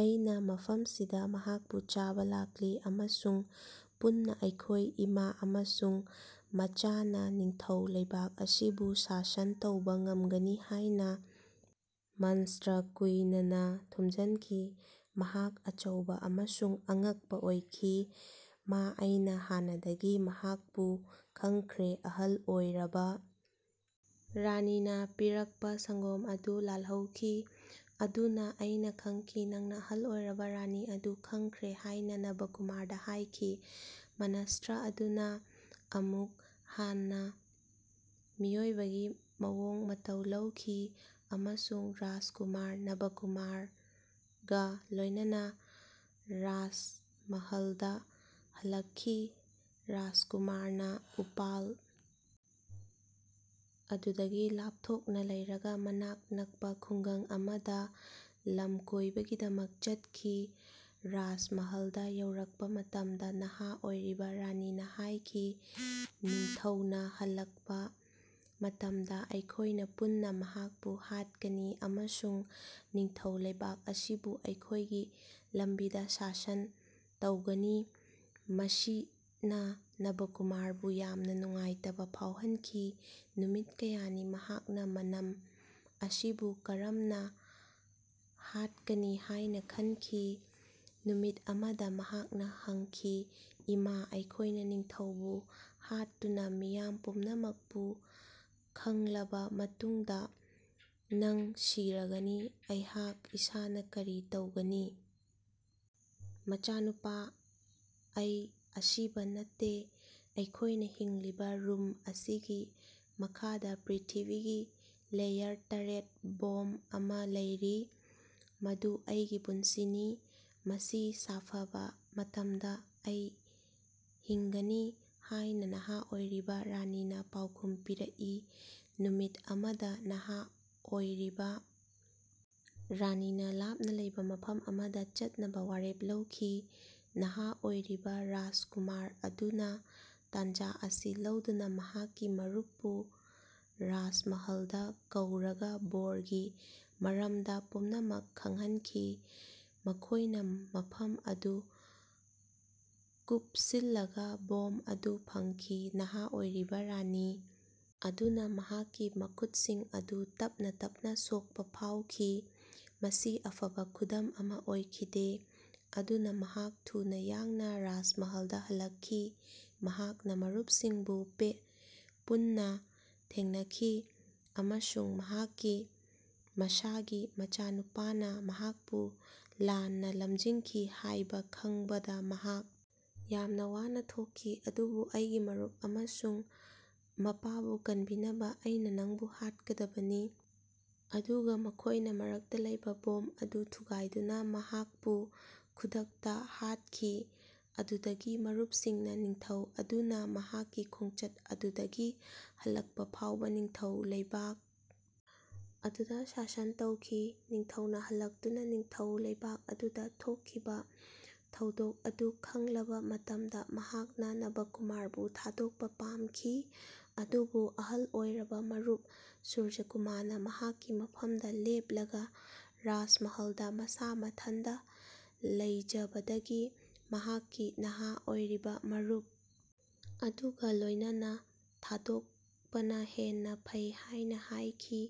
ꯑꯩꯅꯥ ꯃꯐꯝꯁꯤꯗꯥ ꯃꯍꯥꯛꯄꯨ ꯆꯥꯕꯥ ꯂꯥꯛꯂꯤ꯫ ꯑꯃꯁꯨꯡ ꯄꯨꯟꯅꯥ ꯑꯩꯈꯣꯏ ꯏꯃꯥ ꯑꯃꯁꯨꯡ ꯃꯆꯥꯅꯥ ꯅꯤꯡꯊꯧ ꯂꯩꯕꯥꯛ ꯑꯁꯤꯕꯨ ꯁꯥꯁꯟ ꯇꯧꯕꯥ ꯉꯝꯒꯅꯤ ꯍꯥꯏꯅꯥ ꯃꯟꯁꯇ꯭ꯔ ꯀꯨꯏꯅꯅꯥ ꯊꯨꯝꯖꯤꯅꯈꯤ꯫ ꯃꯍꯥꯛ ꯑꯆꯧꯕꯥ ꯑꯃꯁꯨꯡ ꯑꯉꯛꯄꯥ ꯑꯣꯏꯈꯤ꯫ ꯃꯥ ꯑꯩꯅꯥ ꯍꯥꯟꯅꯗꯒꯤ ꯃꯍꯥꯛꯄꯨ ꯈꯪꯈ꯭ꯔꯦ꯫ ꯑꯍꯜ ꯑꯣꯏꯔꯕꯥ ꯔꯥꯅꯤꯅꯥ ꯄꯤꯔꯜꯄꯥ ꯁꯪꯒꯣꯝ ꯑꯗꯨ ꯂꯥꯜꯍꯧꯈꯤ꯫ ꯑꯗꯨꯅꯥ ꯑꯩꯅꯥ ꯈꯪꯈꯤ ꯅꯪꯅꯥ ꯑꯍꯜ ꯑꯣꯏꯔꯕꯥ ꯔꯥꯅꯤ ꯑꯗꯨ ꯈꯪꯈ꯭ꯔꯦ ꯍꯥꯏꯅꯥ ꯅꯕꯀꯨꯃꯥꯔꯗꯥ ꯍꯥꯌꯈꯤ꯫ ꯃꯅꯁꯇ꯭ꯔ ꯑꯗꯨꯅꯥ ꯑꯃꯨꯛ ꯍꯟꯅꯥ ꯃꯤꯑꯣꯏꯕꯒꯤ ꯃꯑꯣꯡ ꯃꯇꯧ ꯂꯧꯈꯤ ꯑꯃꯁꯨꯡ ꯔꯥꯖꯀꯨꯃꯥꯔ ꯅꯕꯀꯨꯃꯥꯔꯒꯥ ꯂꯣꯏꯅꯅꯥ ꯔꯥꯖꯃꯍꯜꯗꯥ ꯍꯜꯂꯛꯈꯤ꯫ ꯁꯨꯔꯖꯀꯨꯃꯥꯔꯅꯥ ꯎꯄꯥꯜ ꯑꯗꯨꯗꯒꯤ ꯂꯥꯞꯊꯣꯛꯅꯥ ꯂꯩꯔꯒꯥ ꯃꯅꯥꯛ ꯅꯛꯄꯥ ꯈꯨꯡꯒꯪ ꯑꯃꯗꯥ ꯂꯃꯀꯣꯏꯕꯒꯤꯗꯃꯛ ꯆꯠꯈꯤ꯫ ꯔꯥꯖꯃꯍꯜꯗꯥ ꯌꯧꯔꯛꯄꯥ ꯃꯇꯝꯗꯥ ꯅꯍꯥ ꯑꯣꯏꯔꯤꯕꯥ ꯔꯥꯅꯤꯅꯥ ꯍꯥꯏꯈꯤ ꯅꯤꯡꯊꯧꯅꯥ ꯍꯜꯂꯛꯄꯥ ꯃꯇꯝꯗꯥ ꯑꯩꯈꯣꯏꯅꯥ ꯄꯨꯟꯅꯥ ꯃꯍꯥꯛꯄꯨ ꯍꯥꯠꯀꯅꯤ ꯑꯃꯁꯨꯡ ꯅꯤꯡꯊꯧ ꯂꯩꯕꯥꯛ ꯑꯁꯤꯕꯨ ꯑꯩꯈꯣꯏꯒꯤ ꯂꯝꯕꯤꯗꯥ ꯁꯥꯁꯟ ꯇꯧꯒꯅꯤ꯫ ꯃꯁꯤꯅꯥ ꯅꯕꯀꯨꯃꯥꯔꯕꯨ ꯌꯥꯝꯅꯥ ꯅꯨꯡꯉꯥꯏꯇꯕꯥ ꯐꯥꯎꯍꯟꯈꯤ꯫ ꯅꯨꯃꯤꯠ ꯀꯌꯥꯅꯤ ꯃꯍꯥꯛꯅꯥ ꯃꯅꯝ ꯑꯁꯤꯕꯨ ꯀꯔꯝꯅꯥ ꯍꯥꯠꯀꯅꯤ ꯍꯥꯏꯅꯥ ꯈꯟꯈꯤ꯫ ꯅꯨꯃꯤꯠ ꯑꯃꯗꯥ ꯃꯍꯥꯛꯅꯥ ꯍꯪꯈꯤ ꯏꯃꯥ ꯑꯩꯈꯣꯏꯅꯥ ꯅꯤꯡꯊꯧꯕꯨ ꯍꯥꯠꯇꯨꯅꯥ ꯃꯤꯌꯥꯝ ꯄꯨꯝꯅꯃꯛꯄꯨ ꯈꯥꯉꯂꯕꯥ ꯃꯇꯨꯡꯗꯥ ꯅꯪ ꯁꯤꯔꯒꯅꯤ꯫ ꯑꯩꯍꯥꯛ ꯏꯁꯥꯅꯥ ꯀꯔꯤ ꯇꯧꯒꯅꯤ? ꯃꯆꯥꯅꯨꯄꯥ ꯑꯩ ꯑꯁꯤꯕꯥ ꯅꯠꯇꯦ꯫ ꯑꯩꯈꯣꯏꯅꯥ ꯍꯤꯡꯂꯤꯕꯥ ꯔꯨꯝ ꯑꯁꯤꯒꯤ ꯃꯈꯥꯗꯥ ꯄ꯭ꯔ꯭ꯤꯊꯤꯕꯤꯒꯤ ꯂꯦꯌꯔ ꯇꯔꯦꯠ ꯕꯣꯝ ꯑꯃꯥ ꯂꯩꯔꯤ꯫ ꯃꯗꯨ ꯑꯩꯒꯤ ꯄꯨꯟꯁꯤꯅꯤ꯫ ꯃꯁꯤ ꯁꯥꯐꯕꯥ ꯃꯇꯝꯗꯥ ꯑꯩ ꯍꯤꯡꯒꯅꯤ ꯍꯥꯏꯅꯥ ꯅꯍꯥ ꯑꯣꯏꯔꯤꯕꯥ ꯔꯥꯅꯤꯅꯥ ꯄꯥꯎꯈꯨꯝ ꯄꯤꯔꯀꯏ꯫ ꯅꯨꯃꯤꯠ ꯑꯃꯗꯥ ꯅꯍꯥ ꯑꯣꯏꯔꯤꯕꯥ ꯔꯥꯅꯤꯅꯥ ꯂꯥꯞꯅꯥ ꯂꯩꯕꯥ ꯃꯐꯝ ꯑꯃꯗꯥ ꯆꯠꯅꯕꯥ ꯋꯥꯔꯦꯞ ꯂꯧꯈꯤ꯫ ꯅꯍꯥ ꯑꯣꯏꯔꯤꯕꯥ ꯔꯥꯖꯀꯨꯃꯥꯔ ꯑꯗꯨꯅꯥ ꯇꯥꯟꯖꯥ ꯑꯁꯤ ꯂꯧꯗꯨꯅꯥ ꯃꯍꯥꯛꯀꯤ ꯃꯔꯨꯞꯄꯨ ꯔꯥꯖꯃꯍꯂꯗꯥ ꯀꯧꯔꯒꯥ ꯕꯣꯔꯒꯤ ꯃꯔꯝꯗꯥ ꯄꯨꯝꯅꯃꯛ ꯈꯪꯍꯟꯈꯤ꯫ ꯃꯈꯣꯏꯅꯥ ꯃꯐꯝ ꯑꯗꯨ ꯀꯨꯞꯁꯤꯜꯂꯒꯥ ꯕꯣꯝ ꯑꯗꯨ ꯐꯪꯈꯤ꯫ ꯅꯍꯥ ꯑꯣꯏꯔꯤꯕꯥ ꯔꯥꯅꯤ ꯑꯗꯨꯅꯥ ꯃꯍꯥꯛꯀꯤ ꯃꯈꯨꯠꯁꯤꯡ ꯑꯗꯨ ꯇꯞꯅꯥ ꯇꯞꯅꯥ ꯁꯣꯛꯄꯥ ꯐꯥꯎꯈꯤ꯫ ꯃꯁꯤ ꯑꯐꯕꯥ ꯈꯨꯗꯝ ꯑꯃꯥ ꯑꯣꯏꯈꯤꯗꯦ꯫ ꯑꯗꯨꯅꯥ ꯃꯍꯥꯛ ꯊꯨꯅꯥ ꯌꯥꯡꯅꯥ ꯔꯥꯖꯃꯍꯂꯗꯥ ꯍꯜꯂꯛꯈꯤ꯫ ꯃꯍꯥꯛꯅꯥ ꯃꯔꯨꯞꯁꯤꯡꯕꯨ ꯄꯨꯟꯅꯥ ꯊꯦꯡꯅꯈꯤ ꯑꯃꯁꯨꯡ ꯃꯍꯥꯛꯀꯤ ꯃꯁꯥꯒꯤ ꯃꯆꯥꯅꯨꯄꯥꯅꯥ ꯃꯍꯥꯛꯄꯨ ꯂꯥꯟꯅꯥ ꯂꯝꯖꯤꯡꯈꯤ ꯍꯥꯏꯕꯥ ꯈꯪꯕꯗꯥ ꯃꯍꯥꯛ ꯌꯥꯝꯅꯥ ꯋꯥꯅꯥ ꯊꯣꯛꯈꯤ꯫ ꯑꯗꯨꯕꯨ ꯑꯩꯒꯤ ꯃꯔꯨꯞ ꯑꯃꯁꯨꯡ ꯃꯄꯥꯕꯨ ꯀꯟꯕꯤꯅꯕꯥ ꯑꯩꯅꯥ ꯅꯪꯕꯨ ꯍꯥꯠꯀꯗꯕꯅꯤ꯫ ꯑꯗꯨꯒꯥ ꯃꯈꯣꯏꯅꯥ ꯃꯔꯛꯇꯥ ꯂꯩꯕꯥ ꯕꯣꯝ ꯑꯗꯨ ꯊꯨꯒꯥꯏꯗꯨꯅꯥ ꯃꯍꯥꯛꯄꯨ ꯈꯨꯗꯛꯇꯥ ꯍꯥꯠꯈꯤ꯫ ꯑꯗꯨꯗꯒꯤ ꯃꯔꯨꯞꯁꯤꯡꯅꯥ ꯅꯤꯡꯊꯧ ꯑꯗꯨꯅꯥ ꯃꯍꯥꯛꯀꯤ ꯈꯣꯡꯆꯠ ꯑꯗꯨꯗꯒꯤ ꯍꯜꯂꯛꯄꯥ ꯐꯥꯎꯕꯥ ꯅꯤꯡꯊꯧ ꯂꯩꯕꯥꯛ ꯑꯗꯨꯗꯥ ꯁꯥꯁꯟ ꯇꯧꯈꯤ꯫ ꯅꯤꯡꯊꯧꯅꯥ ꯍꯜꯂꯛꯇꯨꯅꯥ ꯅꯤꯡꯊꯧ ꯂꯩꯕꯥꯛ ꯑꯗꯨꯗꯥ ꯊꯣꯛꯈꯤꯕꯥ ꯊꯧꯗꯣꯛ ꯑꯗꯨ ꯈꯪꯂꯕꯥ ꯃꯇꯝꯗꯥ ꯃꯍꯥꯛꯅꯥ ꯅꯕꯀꯨꯃꯥꯔꯕꯨ ꯊꯥꯗꯣꯛꯄꯥ ꯄꯥꯝꯈꯤ ꯑꯗꯨꯕꯨ ꯑꯍꯜ ꯑꯣꯏꯔꯕꯥ ꯃꯔꯨꯞ ꯁꯨꯔꯖꯥꯀꯨꯃꯥꯔꯅꯥ ꯃꯍꯥꯛꯀꯤ ꯃꯐꯝꯗꯥ ꯂꯦꯞꯂꯒꯥ ꯔꯥꯖꯃꯍꯂꯗꯥ ꯃꯁꯥ ꯃꯊꯟꯇꯥ ꯂꯩꯖꯕꯗꯒꯤ ꯃꯍꯥꯛꯀꯤ ꯅꯍꯥ ꯑꯣꯏꯔꯤꯕꯥ ꯃꯔꯨꯞ ꯑꯗꯨꯒꯥ ꯂꯣꯏꯅꯅꯥ ꯊꯥꯗꯣꯛꯄꯅꯥ ꯍꯦꯟꯅꯥ ꯐꯩ ꯍꯥꯏꯅꯥ ꯍꯥꯏꯈꯤ꯫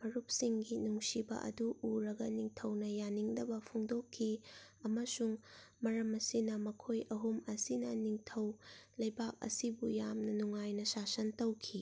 ꯃꯔꯨꯞꯁꯤꯡꯒꯤ ꯅꯨꯡꯁꯤꯕꯥ ꯑꯗꯨ ꯎꯔꯒꯥ ꯅꯤꯡꯊꯧꯅꯥ ꯌꯥꯅꯤꯡꯗꯕꯥ ꯐꯣꯡꯗꯣꯛꯈꯤ꯫ ꯑꯃꯁꯨꯡ ꯃꯔꯝ ꯑꯁꯤꯅꯥ ꯃꯈꯣꯏ ꯑꯍꯨꯝ ꯑꯁꯤꯅꯥ ꯅꯤꯡꯊꯧ ꯂꯩꯕꯥꯛ ꯑꯁꯤꯕꯨ ꯌꯥꯝꯅꯥ ꯅꯨꯡꯉꯥꯏꯅꯥ ꯁꯥꯁꯟ ꯇꯧꯈꯤ꯫